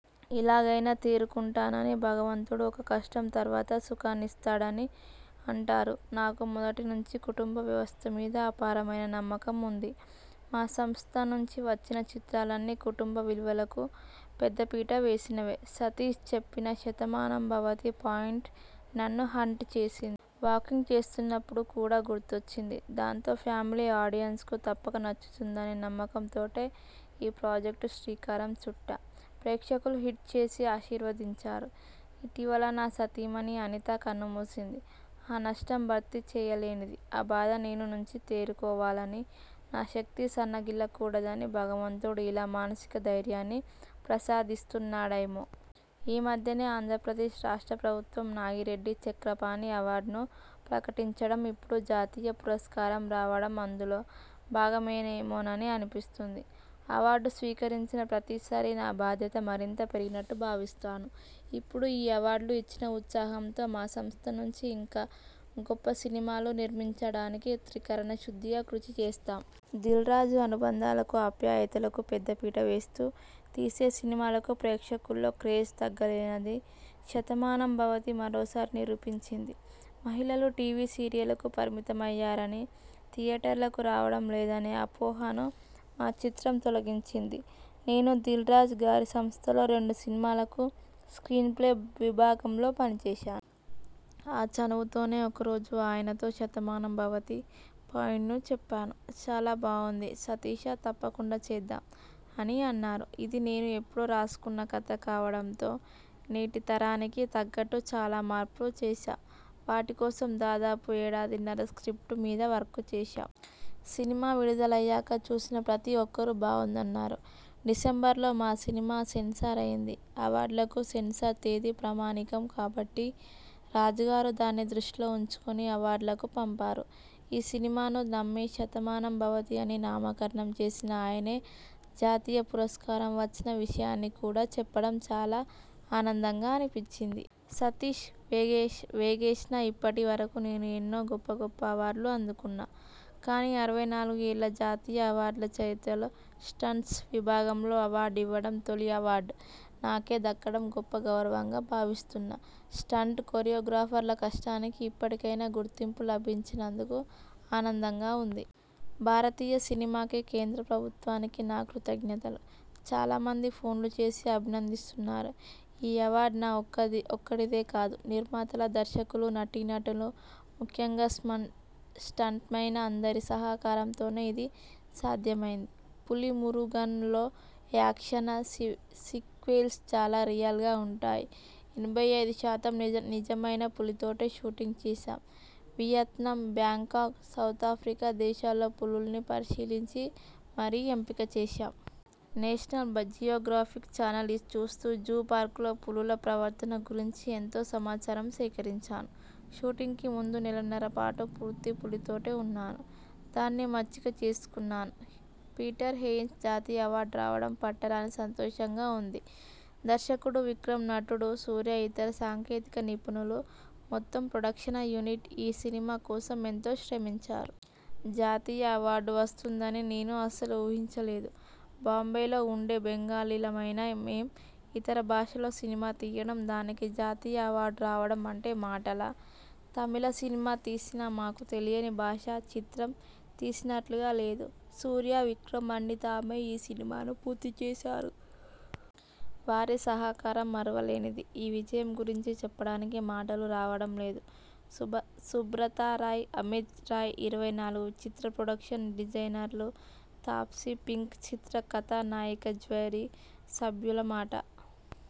ఇలాగైనా తేరుకుంటానని.. భగవంతుడు ఒక కష్టం తర్వాత సుఖాన్నిస్తాడని అంటారు. నాకు మొదటి నుంచీ కుటుంబ వ్యవస్థమీద అపారమైన నమ్మకం ఉంది. మా సంస్థ నుంచి వచ్చిన చిత్రాలన్నీ కుటుంబ విలువలకు పెద్దపీట వేసినవే. సతీశ్ చెప్పిన 'శతమానం భవతి' పాయింట్ నన్ను హాంట్ చేసి. వాకింగ్ చేస్తున్నప్పుడు కూడా గుర్తొచ్చింది. దాంతో ఫ్యామిలీ ఆడియన్స్ కు తప్పక నచ్చుతుందనే నమ్మకం తోనే ఈ ప్రాజెక్ట్కు శ్రీకారం చుట్టాం. ప్రేక్షకులు హిట్ చేసి ఆశీర్వదించారు. ఇటీవల నా సతీమణి అనిత కన్నుమూసింది. ఆ నష్టం భర్తీ చేయలేనిది. ఆ బాధ నేను నుంచి తేరుకోవాలని, నా శక్తి సన్నగిల్లకూడదని భగవంతుడు ఇలా మానసిక ధైర్యాన్ని ప్రసాదిస్తున్నాడేమో.. ఈ మధ్యనే ఆంధ్రప్రదేశ్ రాష్ట్ర ప్రభుత్వం నాగిరెడ్డి చక్రపాణి అవార్డును ప్రకటించడం, ఇప్పుడు జాతీయ పురస్కారం రావడం అందులో భాగమేనేమోనని అనిపిస్తోంది. అవార్డు స్వీకరించిన ప్రతిసారీ నా బాధ్యత మరింత పెరిగినట్టు భావిస్తాను. ఇప్పుడు ఈ అవార్డులు ఇచ్చిన ఉత్సాహంతో మా సంస్థ నుంచి ఇంకా గొప్ప సినిమాలు నిర్మించడానికి త్రికరణ శుద్ధిగా కృషి చేస్తా. దిల్రాజు అనుబంధాలకు, ఆప్యాయతలకు పెద్దపీట వేస్తూ తీసే సినిమాలకు ప్రేక్షకుల్లో క్రేజ్ తగ్గలేదని 'శతమానం భవతి' మరోసారి నిరూపించింది. మహిళలు టీవీ సీరియళ్లకు పరిమితమయ్యారని, థియేటర్లకు రావడం లేదనే అపోహను మా చిత్రం తొలగించింది. నేను దిల్రాజు గారి సంస్థలో రెండు సినిమాలకు స్ర్కీన్ ప్లే విభాగంలో పనిచేశా. ఆ చనువుతోనే ఒకరోజు ఆయనతో 'శతమానం భవతి' పాయింట్ను చెప్పాను. 'చాలా బావుంది సతీశ తప్పకుండా చేద్దాం' అని అన్నారు. ఇది నేను ఎప్పుడో రాసుకున్న కథ కావడంతో నేటి తరానికి తగ్గట్టు చాలా మార్పులు చేశాం. వాటికోసం దాదాపు ఏడాదిన్నర స్ర్కిప్ట్ మీద వర్క్ చేశాం. సినిమా విడుదలయ్యాక చూసిన ప్రతి ఒక్కరూ బావుందన్నారు. డిసెంబర్లో మా సినిమా సెన్సార్ అయింది. అవార్డులకు సెన్సార్ తేదీ ప్రామాణికం కాబట్టి రాజుగారు దాన్ని దృష్టిలో ఉంచుకుని అవార్డులకు పంపారు. ఈ సినిమాను నమ్మి, 'శతమానం భవతి' అని నామకరణం చేసిన ఆయనే జాతీయ పురస్కారం వచ్చిన విషయాన్ని కూడా చెప్పడం చాలా ఆనందంగా అనిపించింది. సతీశ్ వేగేశ్న ఇప్పటి వరకు నేను ఎన్నో గొప్ప గొప్ప అవార్డులు అందుకున్నా. కానీ, అరవై నాలుగు ఏళ్ల జాతీయ అవార్డుల చరిత్రలో స్టంట్స్ విభాగంలో అవార్డు ఇవ్వడం, తొలి అవార్డు నాకే దక్కడం గొప్ప గౌరవంగా భావిస్తున్నా స్టంట్ కొరియోగ్రాఫర్ల కష్టానికి ఇప్పటికైనా గుర్తింపు లభించినందుకు ఆనందంగా ఉంది. భారతీయ సినిమాకి, కేంద్ర ప్రభుత్వానికి నా కృతజ్ఞతలు. చాలా మంది ఫోన్లు చేసి అభినందిస్తున్నారు. ఈ అవార్డు నా ఒక్కదిడే కాదు. నిర్మాతల, దర్శకులు, నటీనటులు, ముఖ్యంగా స్టంట్మెన అందరి సహకారంతోనే ఇది సాధ్యమైంది. 'పులిమురుగన'లో యాక్షన సీక్వెల్స్ చాలా రియల్గా ఉంటాయి. ఎనభై ఐదు శాతం నిజమైన పులితోనే షూటింగ్ చేశాం వియత్నాం, బ్యాంకాంగ్, సౌతాఫ్రికా దేశాల్లో పులుల్ని పరిశీలించి మరీ ఎంపిక చేశాఅవ్. నేషనల్ జియోగ్రఫిక్ ఛానల్ చూస్తూ, జూ పార్కుల్లో పులుల ప్రవర్తన గురించి ఎంతో సమాచారం సేకరించాను. షూటింగ్కి ముందు నెలన్నర పాటు పూర్తి పులితోనే ఉన్నాను. దాన్ని మచ్చిక చేసుకున్నాను. పీటర్ హెయిన్స్ జాతీయ అవార్డు రావడం పట్టరాని సంతోషంగా వుంది. దర్శకుడు విక్రమ్, నటుడు సూర్య, ఇతర సాంకేతిక నిపుణులు, మొత్తం ప్రొడక్షన యూనిట్ ఈ సినిమా కోసం ఎంతో శ్రమించారు. జాతీయ అవార్డు వస్తుందని నేను అస్సలు ఊహించలేదు. బాంబేలో వుండే బెంగాలీలమైన మేం ఇతర భాషలో సినిమా తీయడం, దానికి జాతీయ అవార్డు రావడం అంటే మాటలా? తమిళ సినిమా తీసినా మాకు తెలియని భాషా చిత్రం తీసినట్లుగా లేదు. సూర్య, విక్రమ్ అన్నీ తామై ఈ సినిమాను పూర్తి చేశారు. వారి సహకారం మరువలేనిది. ఈ విజయం గురించి చే చెప్పడానికి మాటలు రావడం లేదు. సుబ్రతారాయ్, అమిత్ రాయ్, 'ఇరవై నాలుగు' చిత్ర ప్రొడక్షన్ డిజైనర్లు తాప్సీ, 'పింక్' చిత్ర కథానాయికజ్యరీ సభ్యుల మాట